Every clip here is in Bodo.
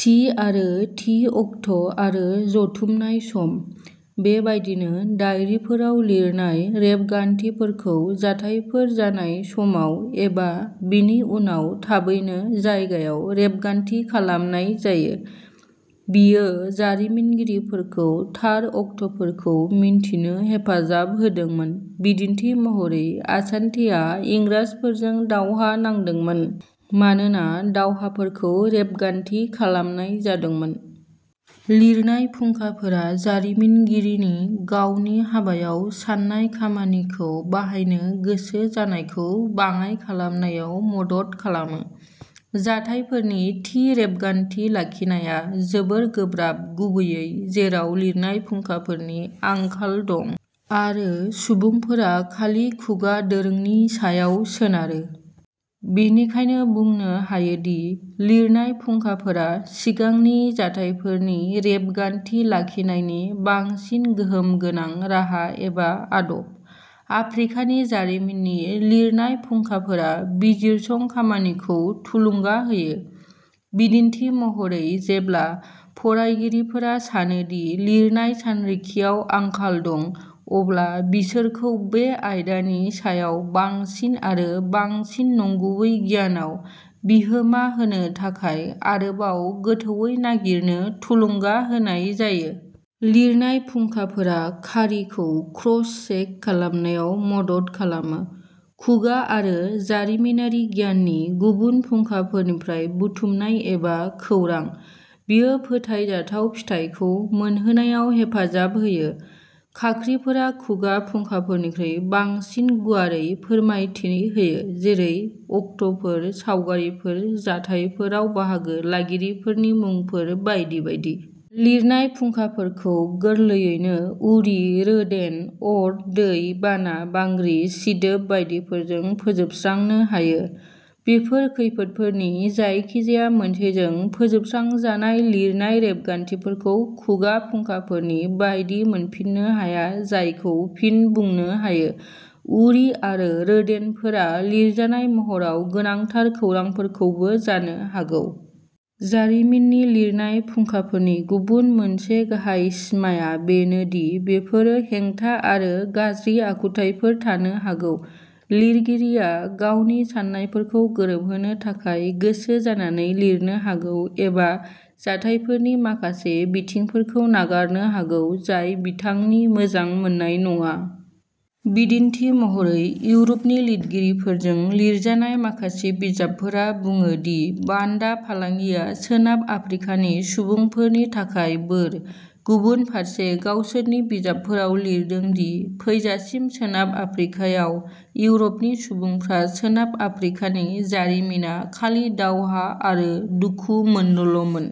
थि आरो थि अक्ट' आरो जथुमनाय सम। बेबायदिनो दाइरिफोराव लिरनाय रेबगान्थिफोरखौ जाथायफोर जानाय समाव एबा बेनि उनाव थाबैनो जायगायाव रेबगान्थि खालामनाय जायो। बेयो जारिमिनगिरिफोरखौ थार अक्ट'फोरखौ मिथिनो हेफाजाब होदोंमोन बिदिन्थि महरै आसान्तेआ इंराजफोरजों दावहा नांदोंमोन मानोना दावहाफोरखौ रेबगान्थि खालामनाय जादोंमोन। लिरनाय फुंखाफोरा जारिमिनगिरिनि गावनि हाबायाव सान्नाय खामानिखौ बाहायनो गोसो जानायखौ बाङाइ खालामनायाव मदद खालामो। जाथायफोरनि थि रेबगान्थि लाखिनाया जोबोद गोब्राब गुबैयै जेराव लिरनाय फुंखाफोरनि आंखाल दं आरो सुबुंफोरा खालि खुगा दोरोंनि सायाव सोनारो। बेनिखायनो बुंनो हायो दि लिरनाय फुंखाफोरा सिगांनि जाथायफोरनि रेबगान्थि लाखिनायनि बांसिन गोहोम गोनां राहा एबा आदब। आफ्रिकानि जारिमिननि लिरनाय फुंखाफोरा बिजिरसं खामानिखौ थुलुंगा होयो। बिदिन्थि महरै जेब्ला फरायगिरिफोरा सानो दि लिरनाय सानरिखियाव आंखाल दं अब्ला बिसोरखौ बे आयदानि सायाव बांसिन आरो बांसिन नंगुबै गियानआव बिहोमा होनो थाखाय आरोबाव गोथौवै नागिरनो थुलुंगा होनाय जायो। लिरनाय फुंखाफोरा खारिखौ क्रस चेक खालामनायाव मदद खालामो। खुगा आरो जारिमिनारि गियाननि गुबुन फुंखाफोरनिफ्राय बुथुमनाय एबा खौरां। बेयो फोथायजाथाव फिथाइखौ मोनहोनायाव हेफाजाब होयो। खाख्रिफोरा खुगा फुंखाफोरनिख्रुइ बांसिन गुवारै फोरमायथि होयो जेरै अक्ट'फोर सावगारिफोर जाथायफोराव बाहागो लागिरिफोरनि मुंफोर बायदि बायदि। लिरनाय फुंखाफोरखौ गोरलैयैनो उरि रोदेन्ट अर दै बाना बांग्रि सिदोब बायदिफोरजों फोजोबस्रांनो हायो। बेफोर खैफोदफोरनि जायखिजाया मोनसेजों फोजोबस्रांजानाय लिरनाय रेबगान्थिफोरखौ खुगा फुंखाफोरनि बायदि मोनफिन्नो हाया जायखौ फिन बुंनो हायो। उरि आरो रोदेन्टफोरा लिरजानाय महराव गोनांथार खौरांफोरखौबो जानो हागौ। जारिमिननि लिरनाय फुंखाफोरनि गुबुन मोनसे गाहाय सिमाआ बेनो दि बेफोरो हेंथा आरो गाज्रि आखुथायफोर थानो हागौ। लिरगिरिया गावनि साननायफोरखौ गोरोबहोनो थाखाय गोसो जानानै लिरनो हागौ एबा जाथायफोरनि माखासे बिथिंफोरखौ नागारनो हागौ जाय बिथांनि मोजां मोननाय नङा। बिदिन्थि महरै इउर'पनि लिरगिरिफोरजों लिरजानाय माखासे बिजाबफोरा बुङो दि बान्दा फालांगिआ सोनाब आफ्रिकानि सुबुंफोरनि थाखाय बोर। गुबुनफोरा गावसोरनि बिजाबफोराव लिरदों दि फैजासिम सोनाब आफ्रिकायाव इउरपनि सुबुंफ्रा सोनाब आफ्रिकानि जारिमिना खालि दावहा आरो दुखु मोननोल'मोन।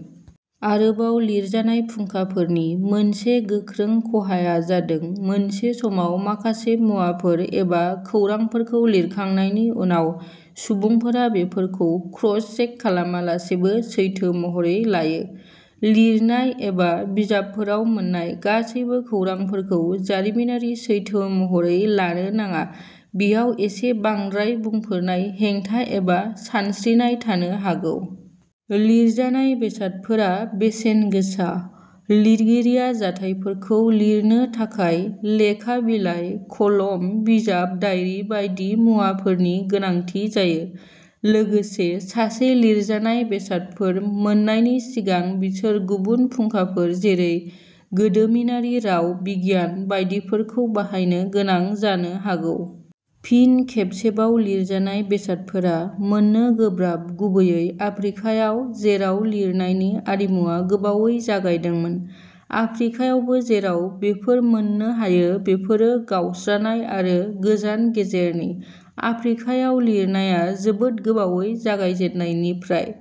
आरोबाव लिरजानाय फुंखाफोरनि मोनसे गोख्रों खहाआ जादों मोनसे समाव माखासे मुवाफोर एबा खौरांफोरखौ लिरखांनायनि उनाव सुबुंफोरा बेफोरखौ क्रसचेक खालामालासेबो सैथो महरै लायो। लिरनाय एबा बिजाबफोराव मोन्नाय गासैबो खौरांफोरखौ जारिमिनारि सैथो महरै लानो नाङा बेयाव एसे बांद्राय बुंफोरनाय हेंथा एबा सानस्रिनाय थानो हागौ। लिरजानाय बेसादफोरा बेसेन गोसा। लिरगिरिया जाथायफोरखौ लिरनो थाखाय लेखा बिलाइ कलम बिजाब दाइरि बायदि मुवाफोरनि गोनांथि जायो। लोगोसे सासे लिरजानाय बेसादफोर मोननायनि सिगां बिसोर गुबुन फुंखाफोर जेरै गोदोमिनारि राव बिगियान बायदिफोरखौ बाहायनो गोनां जानो हागौ। फिन खेबसेबाव लिरजानाय बेसादफोरा मोननो गोब्राब गुबैयै आफ्रिकायाव जेराव लिरनायनि आरिमुआ गोबावै जागायदोंमोन। आफ्रिकायावबो जेराव बेफोर मोननो हायो बेफोरो गावस्रानाय आरो गोजान गेजेरनि। आफ्रिकायाव लिरनाया जोबोद गोबावै जागायजेन्नायनिफ्राय।